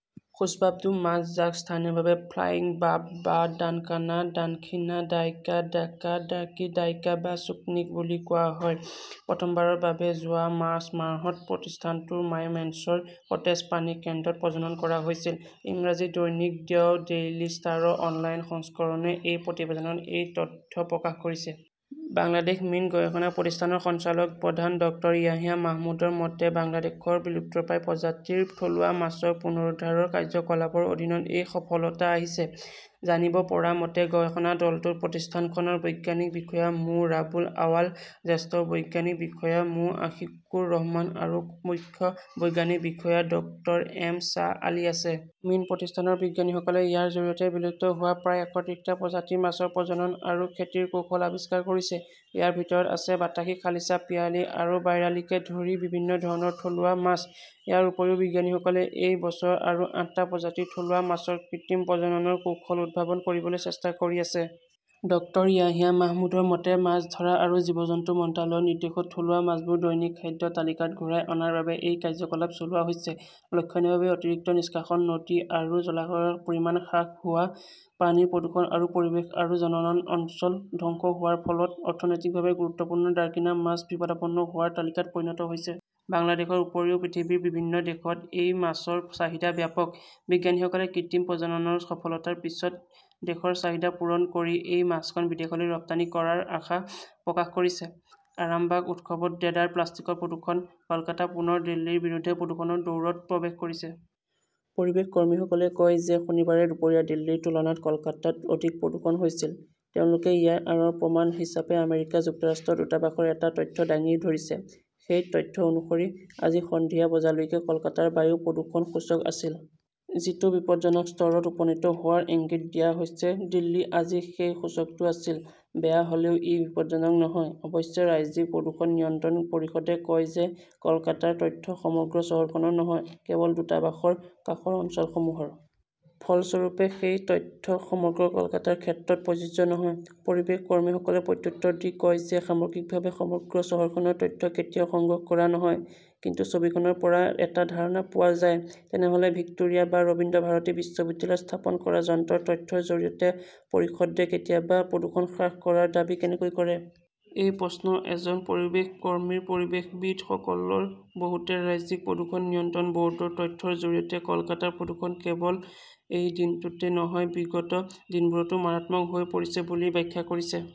সুস্বাদু মাছ, যাক স্থানীয়ভাৱে ফ্লাইং বাৰ্ব বা ডানকানা, ডানখিনা, ডাইৰ্কা, দাৰ্কা, দাৰ্কি, ডাইৰ্কা বা চুক্কনী বুলি কোৱা হয়, প্ৰথমবাৰৰ বাবে যোৱা মাৰ্চ মাহত প্ৰতিষ্ঠানটোৰ মাইমেঞ্চৰ সতেজ পানী কেন্দ্ৰত প্ৰজনন কৰা হৈছিল। ইংৰাজী দৈনিক দ্য ডেইলী ষ্টাৰৰ অনলাইন সংস্কৰণে এক প্ৰতিবেদনত এই তথ্য প্ৰকাশ কৰিছে। বাংলাদেশ মীন গৱেষণা প্ৰতিষ্ঠানৰ সঞ্চালক প্ৰধান ডক্টৰ ইয়াহিয়া মাহমুদৰ মতে, বাংলাদেশৰ বিলুপ্তপ্ৰায় প্ৰজাতিৰ থলুৱা মাছৰ পুনৰুদ্ধাৰৰ কাৰ্যকলাপৰ অধীনত এই সফলতা আহিছে। জানিব পৰা মতে, গৱেষণা দলটোত প্ৰতিষ্ঠানখনৰ বৈজ্ঞানিক বিষয়া মো ৰাবুল আৱাল, জ্যেষ্ঠ বৈজ্ঞানিক বিষয়া মো আশিকুৰ ৰহমান আৰু মুখ্য বৈজ্ঞানিক বিষয়া ডক্টৰ এম শ্বাহ আলী আছে। মীন প্ৰতিষ্ঠানৰ বিজ্ঞানীসকলে ইয়াৰ জৰিয়তে বিলুপ্ত হোৱা প্ৰায় একত্ৰিশটা প্ৰজাতিৰ মাছৰ প্ৰজনন আৰু খেতিৰ কৌশল আৱিষ্কাৰ কৰিছে। ইয়াৰ ভিতৰত আছে বাতাসী, খালিছা, পিয়ালী আৰু বাইৰালীকে ধৰি বিভিন্ন ধৰণৰ থলুৱা মাছ। ইয়াৰ উপৰিও, বিজ্ঞানীসকলে এই বছৰ আৰু আঠটা প্ৰজাতিৰ থলুৱা মাছৰ কৃত্ৰিম প্ৰজননৰ কৌশল উদ্ভাৱন কৰিবলৈ চেষ্টা কৰি আছে। ডক্টৰ ইয়াহিয়া মাহমুদৰ মতে, মাছ ধৰা আৰু জীৱজন্তু মন্ত্ৰালয়ৰ নিৰ্দেশত থলুৱা মাছবোৰ দৈনিক খাদ্য তালিকাত ঘূৰাই অনাৰ বাবে এই কাৰ্যকলাপ চলোৱা হৈছে। লক্ষণীয়ভাৱে, অতিৰিক্ত নিষ্কাশন, নদী আৰু জলাশয়ৰ পৰিমাণ হ্ৰাস হোৱা, পানীৰ প্ৰদূষণ আৰু পৰিৱেশ আৰু প্ৰজনন অঞ্চল ধ্বংস হোৱাৰ ফলত অৰ্থনৈতিকভাৱে গুৰুত্বপূৰ্ণ ডাৰ্কিনা মাছ বিপদাপন্ন হোৱাৰ তালিকাত পৰিণত হৈছে। বাংলাদেশৰ উপৰিও পৃথিৱীৰ বিভিন্ন দেশত এই মাছৰ চাহিদা ব্যাপক। বিজ্ঞানীসকলে কৃত্ৰিম প্ৰজননৰ সফলতাৰ পিছত দেশৰ চাহিদা পূৰণ কৰি এই মাছখন বিদেশলৈ ৰপ্তানি কৰাৰ আশা প্ৰকাশ কৰিছে। আৰামবাগ উৎসৱত দেদাৰ প্লাষ্টিকৰ প্ৰদূষণ। কলকাতা পুনৰ দিল্লীৰ বিৰুদ্ধে প্ৰদূষণৰ দৌৰত প্ৰৱেশ কৰিছে। পৰিৱেশ কৰ্মীসকলে কয় যে শনিবাৰে দুপৰীয়া দিল্লীৰ তুলনাত কলকাতাত অধিক প্ৰদূষণ হৈছিল। তেওঁলোকে ইয়াৰ আঁৰৰ প্ৰমাণ হিচাপে আমেৰিকা যুক্তৰাষ্ট্ৰৰ দূতাবাসৰ এটা তথ্য দাঙি ধৰিছে। সেই তথ্য অনুসৰি, আজি সন্ধিয়া বজালৈকে কলকাতাৰ বায়ু প্ৰদূষণ সূচক আছিল। যিটো বিপদজনক স্তৰত উপনীত হোৱাৰ ইংগিত দিয়া হৈছে। দিল্লীত আজি সেই সূচকটো আছিল। বেয়া হ'লেও ই বিপদজনক নহয়। অৱশ্যে, ৰাজ্যিক প্ৰদূষণ নিয়ন্ত্ৰণ পৰিষদে কয় যে কলকাতাৰ তথ্য সমগ্ৰ চহৰখনৰ নহয়, কেৱল দূতাবাসৰ কাষৰ অঞ্চলসমূহৰ। ফলস্বৰূপে, সেই তথ্য সমগ্ৰ কলকাতাৰ ক্ষেত্ৰত প্ৰযোজ্য নহয়। পৰিৱেশ কৰ্মীসকলে প্ৰত্যুত্তৰ দি কয় যে সামগ্ৰিকভাৱে সমগ্ৰ চহৰখনৰ তথ্য কেতিয়াও সংগ্ৰহ কৰা নহয়। কিন্তু ছবিখনৰ পৰা এটা ধাৰণা পোৱা যায়। তেনেহ'লে ভিক্টোৰিয়া বা ৰবীন্দ্ৰভাৰতী বিশ্ববিদ্যালয়ত স্থাপন কৰা যন্ত্ৰৰ তথ্যৰ জৰিয়তে পৰিষদে কেতিয়াবা প্ৰদূষণ হ্ৰাস কৰাৰ দাবী কেনেকৈ কৰে? এই প্ৰশ্ন এজন পৰিৱেশ কৰ্মীৰ। পৰিৱেশবিদসকলৰ বহুতে ৰাজ্যিক প্ৰদূষণ নিয়ন্ত্ৰণ ব'ৰ্ডৰ তথ্যৰ জৰিয়তে কলকাতাৰ প্ৰদূষণ কেৱল এই দিনটোতে নহয়, বিগত দিনবোৰতো মাৰাত্মক হৈ পৰিছে বুলি ব্যাখ্যা কৰিছে।